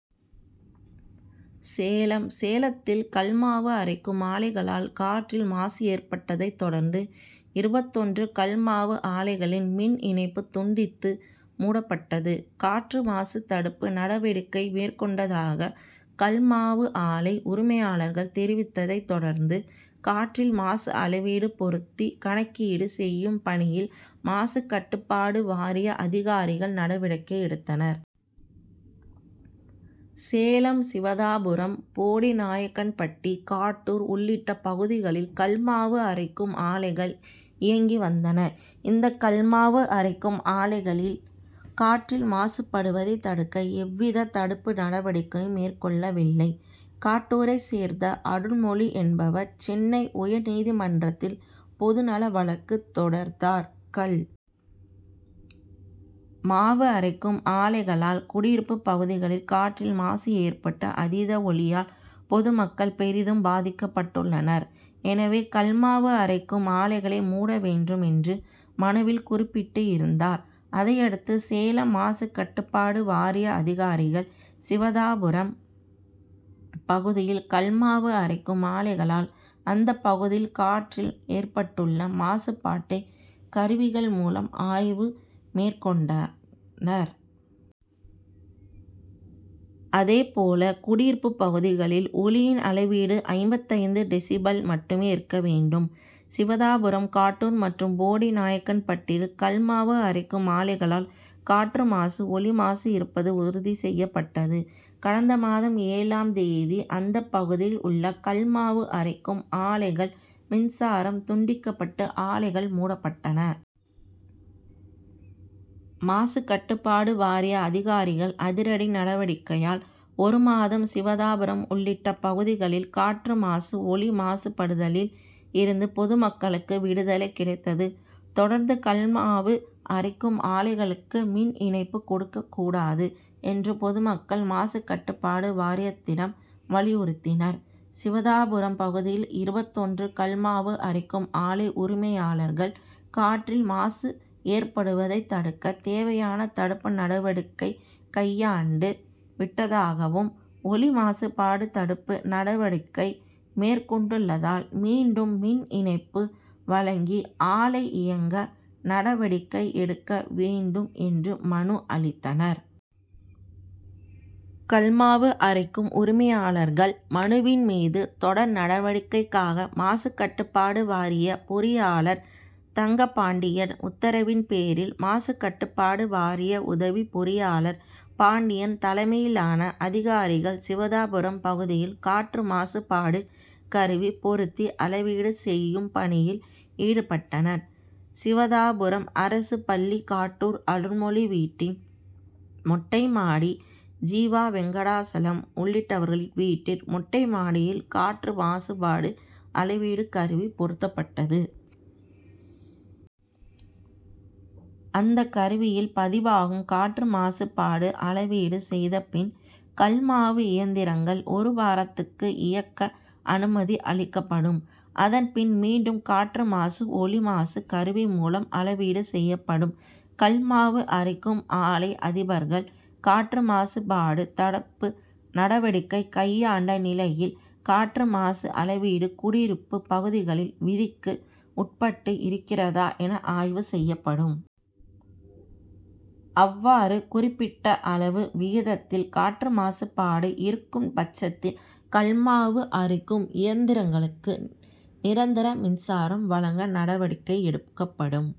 சேலம் சேலத்தில் கல் மாவு அரைக்கும் ஆலைகளால் காற்றில் மாசு ஏற்பட்டதை தொடர்ந்து, இருபத்தொன்று கல் மாவு ஆலைகளில் மின் இணைப்பு துண்டித்து, மூடப்பட்டது. காற்று மாசு தடுப்பு நடவடிக்கை மேற்கொண்டதாக கல் மாவு ஆலை உரிமையாளர்கள் தெரிவித்ததை தொடர்ந்து, காற்றில் மாசு அளவீடு பொருத்தி கணக்கீடு செய்யும் பணியில் மாசுகட்டுப்பாடு வாரிய அதிகாரிகள் நடவடிக்கை எடுத்தனர். சேலம் சிவதாபுரம், போடிநாயக்கன்பட்டி, காட்டூர் உள்ளிட்ட பகுதிகளில் கல் மாவு அரைக்கும் ஆலைகள் இயங்கி வந்தன. இந்த கல் மாவு அரைக்கும் ஆலைகளில் காற்றில் மாசு படுவதை தடுக்க எவ்வித தடுப்பு நடவடிக்கையும் மேற்கொள்ளவில்லை. காட்டூரை சேர்ந்த அருள்மொழி என்பவர் சென்னை உயர் நீதிமன்றத்தில் பொது நல வழக்கு தொடர்ந்தார்.கல் மாவு அரைக்கும் ஆலைகளால் குடியிருப்பு பகுதிகளில் காற்றில் மாசு ஏற்பட்டும், அதீத ஒலியால் பொதுமக்கள் பெரிதும் பாதிக்கப்பட்டுள்ளனர். எனவே, கல் மாவு அரைக்கும் ஆலைகளை மூட வேண்டும் என்று மனுவில் குறிப்பிட்டு இருந்தார். அதையடுத்து, சேலம் மாசுகட்டுப்பாட்டு வாரிய அதிகாரிகள் சிவதாபுரம் பகுதியில கல் மாவு அரைக்கும் ஆலைகளால் அந்த பகுதியில் காற்றில் ஏற்பட்டுள்ள மாசுபாட்டை கருவிகள் மூலம் ஆய்வு மேற்கொண்டனர். அதேபோல, குடியிருப்பு பகுதிகளில் ஒலியின் அளவீடு ஐம்பத்தைந்து டெசிபல் மட்டுமே இருக்க வேண்டும். சிவதாபுரம், காட்டூர் மற்றும் போடிநாயக்கன்பட்டியில் கல் மாவு அரைக்கும் ஆலைகளால் காற்று மாசு, ஒலி மாசு இருப்பது உறுதி செய்யப்பட்டது. கடந்த மாதம் ஏழாம் தேதி அந்த பகுதியில் உள்ள கல் மாவு அரைக்கும் ஆலைகள் மின்சாரம் துண்டிக்கப்பட்டு, ஆலைகள் மூடப்பட்டன. மாசுகட்டுபாடு வாரிய அதிகாரிகள் அதிரடி நடவடிக்கையால் ஒரு மாதம் சிவதாபுரம் உள்ளிட்ட பகுதிகளில் காற்று மாசு, ஒலி மாசுபடுதலில் இருந்து பொதுமக்களுக்கு விடுதலை கிடைத்தது. தொடர்ந்து கல் மாவு அரைக்கும் ஆலைகளுக்கு மின் இணைப்பு கொடுக்க கூடாது என்று பொதுமக்கள் மாசுகட்டுப்பாடு வாரியத்திடம் வலியுறுத்தினர். சிவதாபுரம் பகுதியில் இருபத்தொன்று கல் மாவு அரைக்கும் ஆலை உரிமையாளர்கள், காற்றில் மாசு ஏற்படுவதை தடுக்க தேவையான தடுப்பு நடவடிக்கை கையாண்டு விட்டதாகவும், ஒலி மாசுபாடு தடுப்பு நடவடிக்கை மேற்கொண்டுள்ளதால், மீண்டும் மின் இணைப்பு வழங்கி ஆலை இயங்க நடவடிக்கை எடுக்க வேண்டும்' என்று மனு அளித்தனர். கல் மாவு அரைக்கும் ஆலை உரிமையாளர்கள் மனுவின் மீது தொடர் நடவடிக்கையாக மாசுகட்டுப்பாடு வாரிய பொறியாளர் தங்கபாண்டியன் உத்தரவின் பேரில் மாசுகட்டுப்பாடு வாரிய உதவி பொறியாளர் பாண்டியன் தலைமையிலான அதிகாரிகள் சிவதாபுரம் பகுதியில் காற்று மாசுபாடு கருவி பொருத்தி அளவீடு செய்யும் பணியில் ஈடுபட்டனர். சிவதாபுரம் அரசு பள்ளி, காட்டூர் அருள்மொழி வீட்டின் மொட்டை மாடி, ஜீவா, வெங்கடாசலம் உள்ளிட்டவர்களின் வீட்டின் மொட்டை மாடியில் காற்று மாசுபாடு அளவீடு கருவி பொருத்தப்பட்டது. இந்த கருவியில் பதிவாகும் காற்று மாசுபாடு அளவீடு செய்த பின், கல் மாவு இயந்திரங்கள் ஒரு வாரத்துக்கு இயக்க அனுமதி அளிக்கப்படும். அதன் பின், மீண்டும் காற்று மாசு, ஒலி மாசு கருவி மூலம் அளவீடு செய்யப்படும். கல் மாவு அரைக்கும் ஆலை அதிபர்கள் காற்று மாசுபாடு தடுப்பு நடவடிக்கை கையாண்ட நிலையில் காற்று மாசு அளவீடு குடியிருப்பு பகுதிகளில் விதிக்கு உட்பட்டு இருக்கிறதா என ஆய்வு செய்யப்படும். அவ்வாறு குறிப்பிட்ட அளவு விகிதத்தில் காற்று மாசுபாடு இருக்கும்பட்சத்தில் கல் மாவு அரைக்கும் இயந்திரங்களுக்கு நிரந்தர மின்சாரம் வழங்க நடவடிக்கை எடுக்கப்படும்.